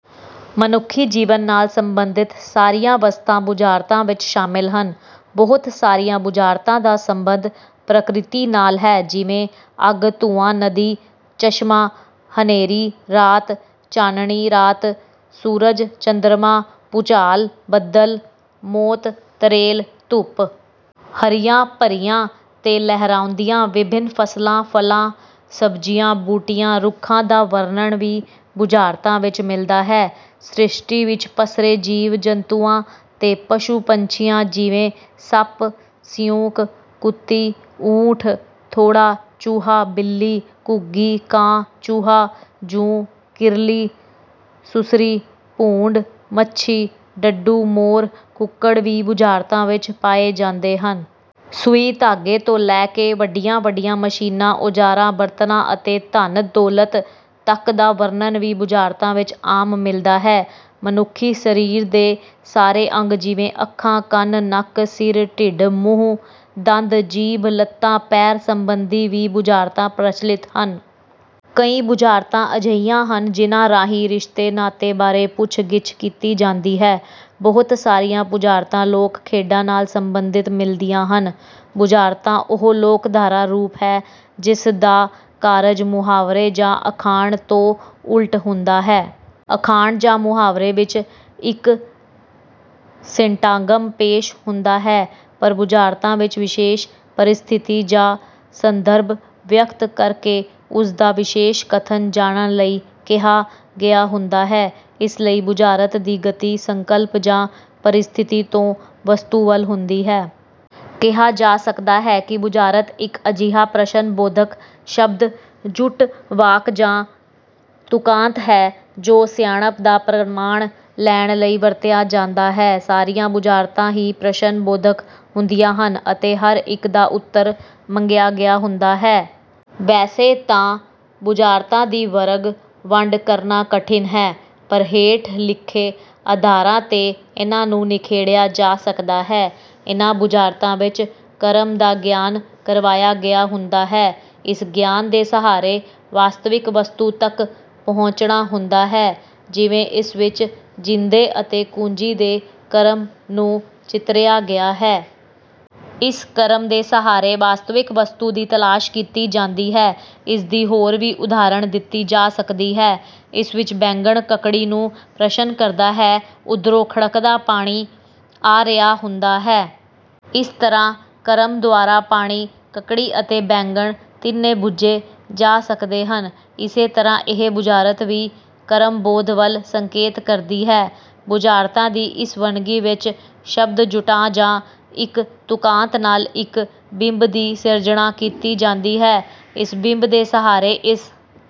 ਮਨੁੱਖੀ ਜੀਵਨ ਨਾਲ ਸੰਬੰਧਿਤ ਸਾਰੀਆਂ ਵਸਤਾਂ ਬੁਝਾਰਤਾਂ ਵਿੱਚ ਸ਼ਾਮਿਲ ਹਨ। ਬਹੁਤ ਸਾਰੀਆਂ ਬੁਝਾਰਤਾਂ ਦਾ ਸੰਬੰਧ ਪ੍ਰਕ੍ਰਿਤੀ ਨਾਲ ਹੈ ਜਿਵੇਂ ਅੱਗ ਧੂੰਆਂ ਨਦੀ ਚਸ਼ਮਾ ਹਨੇਰੀ ਰਾਤ ਚਾਨਣੀ ਰਾਤ ਸੂਰਜ ਚੰਦਰਮਾ ਭੂਚਾਲ ਬੱਦਲ ਮੌਤ ਤਰੇਲ ਧੁੱਪ। ਹਰੀਆਂ ਭਰੀਆਂ ਤੇ ਲਹਿਰਾਉਂਦੀਆਂ ਵਿਭਿੰਨ ਫਸਲਾਂ ਫਲਾਂ ਸਬਜ਼ੀਆਂ ਬੂਟਿਆਂ ਰੁੱਖਾਂ ਦਾ ਵਰਨਣ ਵੀ ਬੁਝਾਰਤਾਂ ਵਿੱਚ ਮਿਲਦਾ ਹੈ। ਸ੍ਰਿਸ਼ਟੀ ਵਿੱਚ ਪਸਰੇ ਜੀਵ ਜੰਤੂਆਂ ਤੇ ਪਸ਼ੂ ਪੰਛੀਆਂ ਜਿਵੇਂ ਸੱਪ ਸਿਉਂਕ ਕੁੱਤੀ ਊਠ ਥੋਡਾ ਚੂਹਾ ਬਿੱਲੀ ਘੁੱਗੀ ਕਾਂ ਚੂਹਾ ਜੂੰ ਕਿਰਲੀ ਸੁਸਰੀ ਭੂੰਡ ਮੱਛੀ ਡੱਡੂ ਮੋਰ ਕੁੱਕੜ ਵੀ ਬੁਝਾਰਤਾਂ ਵਿੱਚ ਪਾਏ ਜਾਂਦੇ ਹਨ। ਸੂਈ ਧਾਗੇ ਤੋਂ ਲੈ ਕੇ ਵੱਡੀਆਂ ਵੱਡੀਆਂ ਮਸ਼ੀਨਾਂ ਔਜ਼ਾਰਾਂ ਬਰਤਨਾਂ ਅਤੇ ਧਨ ਦੌਲਤ ਤੱਕ ਦਾ ਵਰਣਨ ਵੀ ਬੁਝਾਰਤਾਂ ਵਿੱਚ ਆਮ ਮਿਲਦਾ ਹੈ। ਮਨੁੱਖੀ ਸਰੀਰ ਦੇ ਸਾਰੇ ਅੰਗ ਜਿਵੇਂ ਅੱਖਾਂ ਕੰਨ ਨੱਕ ਸਿਰ ਢਿੱਡ ਮੂੰਹ ਦੰਦ ਜੀਭ ਲੱਤਾਂ ਪੈਰ ਸੰਬੰਧੀ ਵੀ ਬੁਝਾਰਤਾਂ ਪ੍ਰਚਲਿਤ ਹਨ। ਕਈ ਬੁਝਾਰਤਾਂ ਅਜਿਹੀਆਂ ਹਨ ਜਿਹਨਾਂ ਰਾਹੀਂ ਰਿਸ਼ਤੇ ਨਾਤੇ ਬਾਰੇ ਪੁੱਛ ਗਿੱਛ ਕੀਤੀ ਜਾਂਦੀ ਹੈ। ਬਹੁਤ ਸਾਰੀਆਂ ਬੁਝਾਰਤਾਂ ਲੋਕ ਖੇਡਾਂ ਨਾਲ ਸੰਬੰਧਿਤ ਮਿਲਦੀਆਂ ਹਨ। ਬੁਝਾਰਤਾਂ ਉਹ ਲੋਕਧਾਰਾ ਰੂਪ ਹੈ ਜਿਸ ਦਾ ਕਾਰਜ ਮੁਹਾਵਰੇ ਜਾਂ ਅਖਾਣ ਤੋਂ ਉਲਟ ਹੁੰਦਾ ਹੈ। ਅਖਾਣ ਜਾਂ ਮੁਹਾਵਰੇ ਵਿੱਚ ਇੱਕ ਸਿੰਟਾਗਮ ਪੇਸ਼ ਹੁੰਦਾ ਹੈ। ਪਰ ਬੁਝਾਰਤਾਂ ਵਿੱਚ ਵਿਸ਼ੇਸ਼ ਪਰਿਸਥਿਤੀ ਜਾਂ ਸੰਦਰਭ ਵਿਅਕਤ ਕਰਕੇ ਉਸ ਦਾ ਵਿਸ਼ੇਸ਼ ਕਥਨ ਜਾਣਨ ਲਈ ਕਿਹਾ ਗਿਆ ਹੁੰਦਾ ਹੈ। ਇਸ ਲਈ ਬੁਝਾਰਤ ਦੀ ਗਤੀ ਸੰਕਲਪ ਜਾਂ ਪਰਿਸਥਿਤੀ ਤੋਂ ਵਸਤੂ ਵੱਲ ਹੁੰਦੀ ਹੈ। ਕਿਹਾ ਜਾ ਸਕਦਾ ਹੈ ਕਿ ਬੁਝਾਰਤ ਇੱਕ ਅਜਿਹਾ ਪ੍ਰਸ਼ਨ ਬੋਧਕ ਸ਼ਬਦ ਜੁੱਟ ਵਾਕ ਜਾਂ ਤੁਕਾਂਤ ਹੈ ਜੋ ਸਿਆਣਪ ਦਾ ਪ੍ਰਮਾਣ ਲੈਣ ਲਈ ਵਰਤਿਆ ਜਾਂਦਾ ਹੈ। ਸਾਰੀਆਂ ਬੁਝਾਰਤਾਂ ਹੀ ਪ੍ਰਸ਼ਨ ਬੋਧਕ ਹੁੰਦੀਆਂ ਹਨ ਅਤੇ ਹਰ ਇੱਕ ਦਾ ਉੱਤਰ ਮੰਗਿਆ ਗਿਆ ਹੁੰਦਾ ਹੈ। ਵੈਸੇ ਤਾਂ ਬੁਝਾਰਤਾਂ ਦੀ ਵਰਗ ਵੰਡ ਕਰਨਾ ਕਠਿਨ ਹੈ ਪਰ ਹੇਠ ਲਿਖੇ ਅਧਾਰਾਂ ਤੇ ਇਨ੍ਹਾਂ ਨੂੰ ਨਿਖੇੜਿਆ ਜਾ ਸਕਦਾ ਹੈ। ਇਨ੍ਹਾਂ ਬੁਝਾਰਤਾਂ ਵਿੱਚ ਕਰਮ ਦਾ ਗਿਆਨ ਕਰਵਾਇਆ ਗਿਆ ਹੁੰਦਾ ਹੈ। ਇਸ ਗਿਆਨ ਦੇ ਸਹਾਰੇ ਵਾਸਤਵਿਕ ਵਸਤੂ ਤੱਕ ਪਹੁੰਚਣਾ ਹੁੰਦਾ ਹੈ ਜਿਵੇਂ ਇਸ ਵਿੱਚ ਜਿੰਦੇ ਅਤੇ ਕੁੰਜੀ ਦੇ ਕਰਮ ਨੂੰ ਚਿਤਰਿਆ ਗਿਆ ਹੈ। ਇਸ ਕਰਮ ਦੇ ਸਹਾਰੇ ਵਾਸਤਵਿਕ ਵਸਤੂ ਦੀ ਤਲਾਸ਼ ਕੀਤੀ ਜਾਂਦੀ ਹੈ। ਇਸਦੀ ਹੋਰ ਵੀ ਉਦਾਹਰਨ ਦਿੱਤੀ ਜਾ ਸਕਦੀ ਹੈ। ਇਸ ਵਿੱਚ ਬੈਂਗਣ ਕੱਕੜੀ ਨੂੰ ਪ੍ਰਸ਼ਨ ਕਰਦਾ ਹੈ। ਉਧਰੋਂ ਖੜਕਦਾ ਪਾਣੀ ਆ ਰਿਹਾ ਹੁੰਦਾ ਹੈ। ਇਸ ਤਰ੍ਹਾਂ ਕਰਮ ਦੁਆਰਾ ਪਾਣੀ ਕੱਕੜੀ ਅਤੇ ਬੈਂਗਣ ਤਿੰਨੇ ਬੁੱਝੇ ਜਾ ਸਕਦੇ ਹਨ। ਇਸੇ ਤਰ੍ਹਾਂ ਇਹ ਬੁਝਾਰਤ ਵੀ ਕਰਮਬੋਧ ਵੱਲ ਸੰਕੇਤ ਕਰਦੀ ਹੈ। ਬੁਝਾਰਤਾਂ ਦੀ ਇਸ ਵੰਨਗੀ ਵਿੱਚ ਸ਼ਬਦ ਜੁੱਟਾਂ ਜਾਂ ਇੱਕ ਤੁਕਾਂਤ ਨਾਲ ਇੱਕ ਬਿੰਬ ਦੀ ਸਿਰਜਣਾ ਕੀਤੀ ਜਾਂਦੀ ਹੈ। ਇਸ ਬਿੰਬ ਦੇ ਸਹਾਰੇ ਇਸ